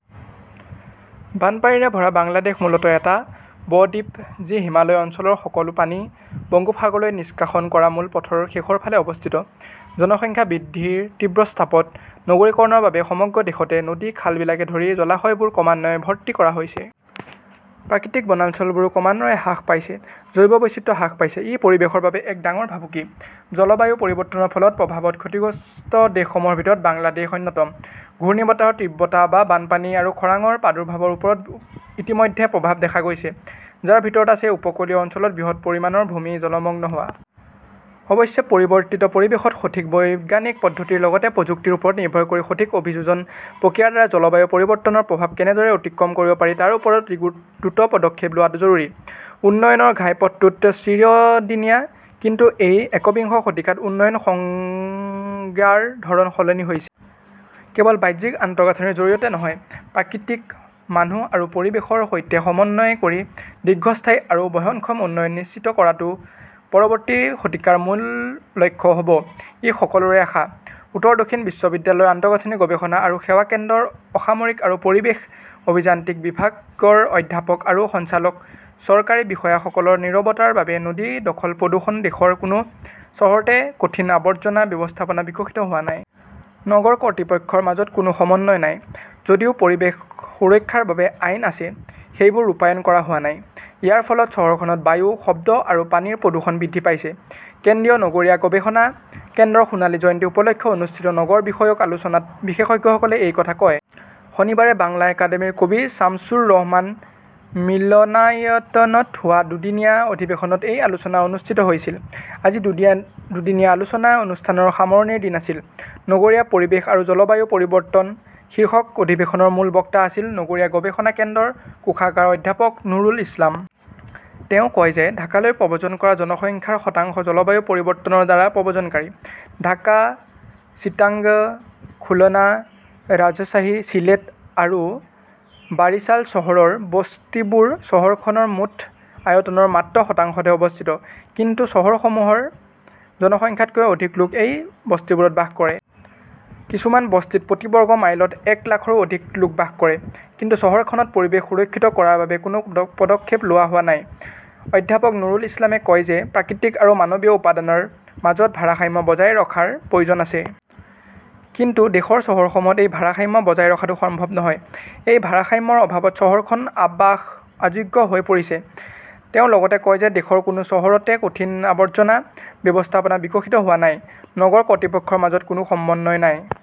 বানপানীৰে ভৰা বাংলাদেশ মূলতঃ এটা ব-দ্বীপ, যি হিমালয় অঞ্চলৰ সকলো পানী বংগোপসাগৰলৈ নিষ্কাশন কৰা মূল পথৰ শেষৰ ফালে অৱস্থিত। জনসংখ্যা বৃদ্ধিৰ তীব্ৰ চাপত নগৰীকৰণৰ বাবে সমগ্ৰ দেশতে নদী-খাল-বিলকে ধৰি জলাশয়বোৰ ক্ৰমান্বয়ে ভৰ্তি কৰা হৈছে। প্ৰাকৃতিক বনাঞ্চলবোৰো ক্ৰমান্বয়ে হ্ৰাস পাইছে, জৈৱ বৈচিত্ৰ্য হ্ৰাস পাইছে। ই পৰিৱেশৰ বাবে এক ডাঙৰ ভাবুকি। জলবায়ু পৰিৱৰ্তনৰ প্ৰতিকূল প্ৰভাৱত ক্ষতিগ্ৰস্ত দেশসমূহৰ ভিতৰত বাংলাদেশ অন্যতম। ঘূৰ্ণীবতাহৰ তীব্ৰতা বা বানপানী আৰু খৰাঙৰ প্ৰাদুৰ্ভাৱৰ ওপৰত ইতিমধ্যে প্ৰভাৱ দেখা গৈছে, যাৰ ভিতৰত আছে উপকূলীয় অঞ্চলত বৃহৎ পৰিমাণৰ ভূমি জলমগ্ন হোৱা। অৱশ্যে, পৰিৱৰ্তিত পৰিৱেশত, সঠিক বৈজ্ঞানিক পদ্ধতিৰ লগতে প্ৰযুক্তিৰ ওপৰত নিৰ্ভৰ কৰি সঠিক অভিযোজন প্ৰক্ৰিয়াৰ দ্বাৰা জলবায়ু পৰিৱৰ্তনৰ প্ৰভাৱ কেনেদৰে অতিক্ৰম কৰিব পাৰি তাৰ ওপৰত অতি দ্ৰুত পদক্ষেপ লোৱাটো জৰুৰী। "উন্নয়নৰ ঘাইপথটোত চিৰিদিনীয়া", কিন্তু এই একবিংশ শতিকাত উন্নয়নৰ সংজ্ঞাৰ ধৰণ সলনি হৈছে। কেৱল বাহ্যিক আন্তঃগাঁথনিৰ জৰিয়তে নহয়, প্ৰকৃতি, মানুহ আৰু পৰিৱেশৰ সৈতে সমন্বয় কৰি দীৰ্ঘস্থায়ী আৰু বহনক্ষম উন্নয়ন নিশ্চিত কৰাটো পৰৱৰ্তী শতিকাৰ মূল লক্ষ্য হ'ব-ই সকলোৰে আশা। উত্তৰ দক্ষিণ বিশ্ববিদ্যালয়ৰ আন্তঃগাঁথনি গৱেষণা আৰু সেৱা কেন্দ্ৰৰ অসামৰিক আৰু পৰিৱেশ অভিযান্ত্ৰিক বিভাগৰ অধ্যাপক আৰু সঞ্চালক, চৰকাৰী বিষয়াসকলৰ নীৰৱতাৰ বাবে নদী দখল-প্ৰদূষণ দেশৰ কোনো চহৰতে কঠিন আৱৰ্জনা ব্যৱস্থাপনা বিকশিত হোৱা নাই। নগৰ কৰ্তৃপক্ষৰ মাজত কোনো সমন্বয় নাই। যদিও পৰিৱেশ সুৰক্ষাৰ বাবে আইন আছে, সেইবোৰ ৰূপায়ণ কৰা হোৱা নাই। ইয়াৰ ফলত চহৰখনত বায়ু, শব্দ আৰু পানীৰ প্ৰদূষণ বৃদ্ধি পাইছে। কেন্দ্ৰীয় নগৰীয়া গৱেষণা কেন্দ্ৰৰ সোণালী জয়ন্তী উপলক্ষে অনুষ্ঠিত নগৰ বিষয়ক আলোচনাত বিশেষজ্ঞসকলে এই কথা কয়। শনিবাৰে বাংলা একাডেমীৰ কবি ছামছুৰ ৰহমান মিলনায়তনত হোৱা দুদিনীয়া অধিৱেশনত এই আলোচনা অনুষ্ঠিত হৈছিল। আজি দুদিনীয়া আলোচনা অনুষ্ঠানৰ সামৰণিৰ দিন আছিল। "নগৰীয়া পৰিৱেশ আৰু জলবায়ু পৰিৱৰ্তন" শীৰ্ষক অধিৱেশনৰ মূল বক্তা আছিল নগৰীয়া গৱেষণা কেন্দ্ৰৰ কোষাগাৰ অধ্যাপক নুৰুল ইছলাম। তেওঁ কয় যে ঢাকালৈ প্ৰব্ৰজন কৰা জনসংখ্যাৰ শতাংশ জলবায়ু পৰিৱৰ্তনৰ দ্বাৰা প্ৰব্ৰজনকাৰী। ঢাকা, চিটাগং, খুলনা, ৰাজশ্বাহী, চিলেট আৰু বাৰিছাল চহৰৰ বস্তিবোৰ চহৰখনৰ মুঠ আয়তনৰ মাত্ৰ শতাংশতে অৱস্থিত। কিন্তু চহৰসমূহৰ জনসংখ্যাতকৈও অধিক লোক এই বস্তিবোৰত বাস কৰে। কিছুমান বস্তিত প্ৰতি বৰ্গ মাইলত এক লাখৰো অধিক লোক বাস কৰে। কিন্তু চহৰখনত পৰিৱেশ সুৰক্ষিত কৰাৰ বাবে কোনো পদক্ষেপ লোৱা হোৱা নাই। অধ্যাপক নুৰুল ইছলামে কয় যে প্ৰাকৃতিক আৰু মানৱীয় উপাদানৰ মাজত ভাৰসাম্য বজাই ৰখাৰ প্ৰয়োজন আছে। কিন্তু দেশৰ চহৰসমূহত এই ভাৰসাম্য বজাই ৰখাটো সম্ভৱ নহয়। এই ভাৰসাম্যৰ অভাৱত চহৰখন আৱাস অযোগ্য হৈ পৰিছে। তেওঁ লগতে কয় যে দেশৰ কোনো চহৰতে কঠিন আৱৰ্জনা ব্যৱস্থাপনা বিকশিত হোৱা নাই। নগৰ কৰ্তৃপক্ষৰ মাজত কোনো সমন্বয় নাই।